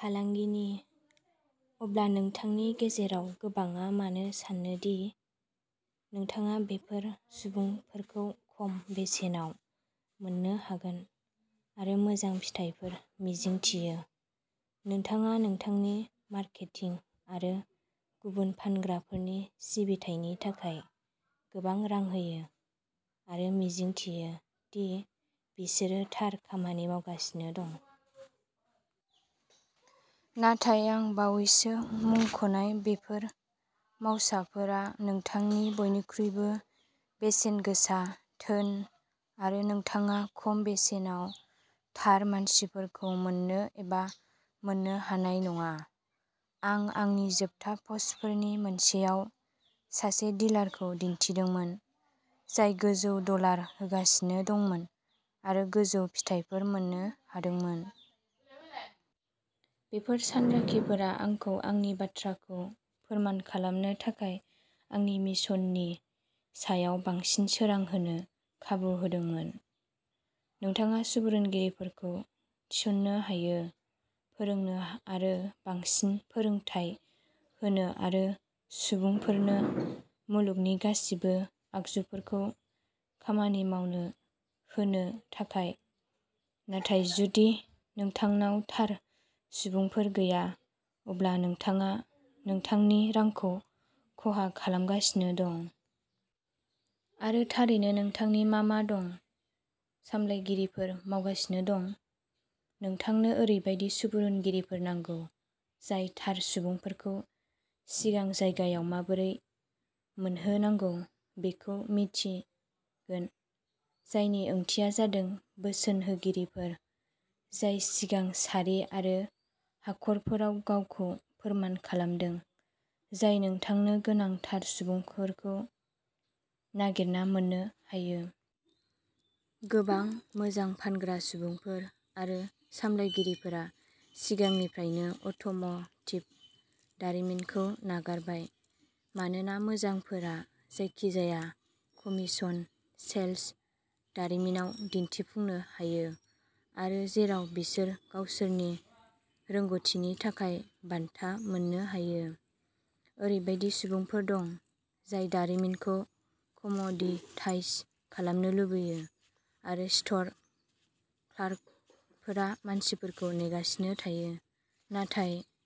फालांगिनि अब्ला नोंथांनि गेजेराव गोबांआ मानो सानो दि नोंथाङा बेफोर सुबुंफोरखौ खम बेसेनाव मोन्नो हागोन आरो मोजां फिथायफोर मिजिंथियो। नोंथाङा नोंथांनि मार्केटिं आरो गुबुन फानग्राफोरनि सिबिथायनि थाखाय गोबां रां होयो आरो मिजिंथियो दि बिसोरो थार खामानि मावगासिनो दं। नाथाय आं बावैसो मुंख'नाय बेफोर मावसाफोरा नोंथांनि बयनिख्रुइबो बेसेनगोसा धोन आरो नोंथाङा खम बेसेनाव थार मानसिफोरखौ मोन्नो एबा मोन्नो हानाय नङा। आं आंनि जोबथा पस्टफोरनि मोनसेयाव सासे डिलारखौ दिन्थिदोंमोन जाय गोजौ डलार होगासिनो दंमोन आरो गोजौ फिथायफोर मोन्नो हादोंमोन। बेफोर सानरिखिफोरा आंखौ आंनि बाथ्राखौ फोरमान खालामनो थाखाय आंनि मिशननि सायाव बांसिन सोरां होनो खाबु होदोंमोन। नोंथाङा सुबुरुनगिरिफोरखौ थिसननो हायो फोरोंनो आरो बांसिन फोरोंथाय होनो आरो सुबुंफोरनो मुलुगनि गासिबो आगजुफोरखौ खामानि मावनो होनो थाखाय नाथाय जुदि नोंथांनाव थार सुबुंफोर गैया अब्ला नोंथाङा नोंथांनि रांखौ खहा खालामगासिनो दं। आरो थारैनो नोंथांनि मा मा दं? सामलायगिरिफोर मावगासिनो दं? नोंथांनो ओरैबायदि सुबुरुनगिरिफोर नांगौ जाय थार सुबुंफोरखौ सिगां जायगायाव माबोरै मोनहोनांगौ बेखौ मिन्थिगोन जायनि ओंथिया जादों बोसोनहोगिरिफोर जाय सिगां सारि आरो हाखरफोराव गावखौ फोरमान खालामदों जाय नोंथांनो गोनां थार सुबुंफोरखौ नागिरना मोन्नो हायो। गोबां मोजां फानग्रा सुबुंफोर आरो सामलायगिरिफोरा सिगांनिफ्रायनो अट'म'टिभ दारिमिनखौ नागारबाय मानोना मोजांफोरा जायखिजाया कमीशन सेल्स दारिमिनाव दिन्थिफुंनो हायो आरो जेराव बिसोर गावसोरनि रोंग'थिनि थाखाय बान्था मोननो हायो। ओरैबायदि सुबुंफोर दं जाय दारिमिनखौ कम'डिटाइज खालामनो लुबैयो आरो स्ट'र क्लार्कफोरा मानसिफोरखौ नेगासिनो थायो। नाथाय --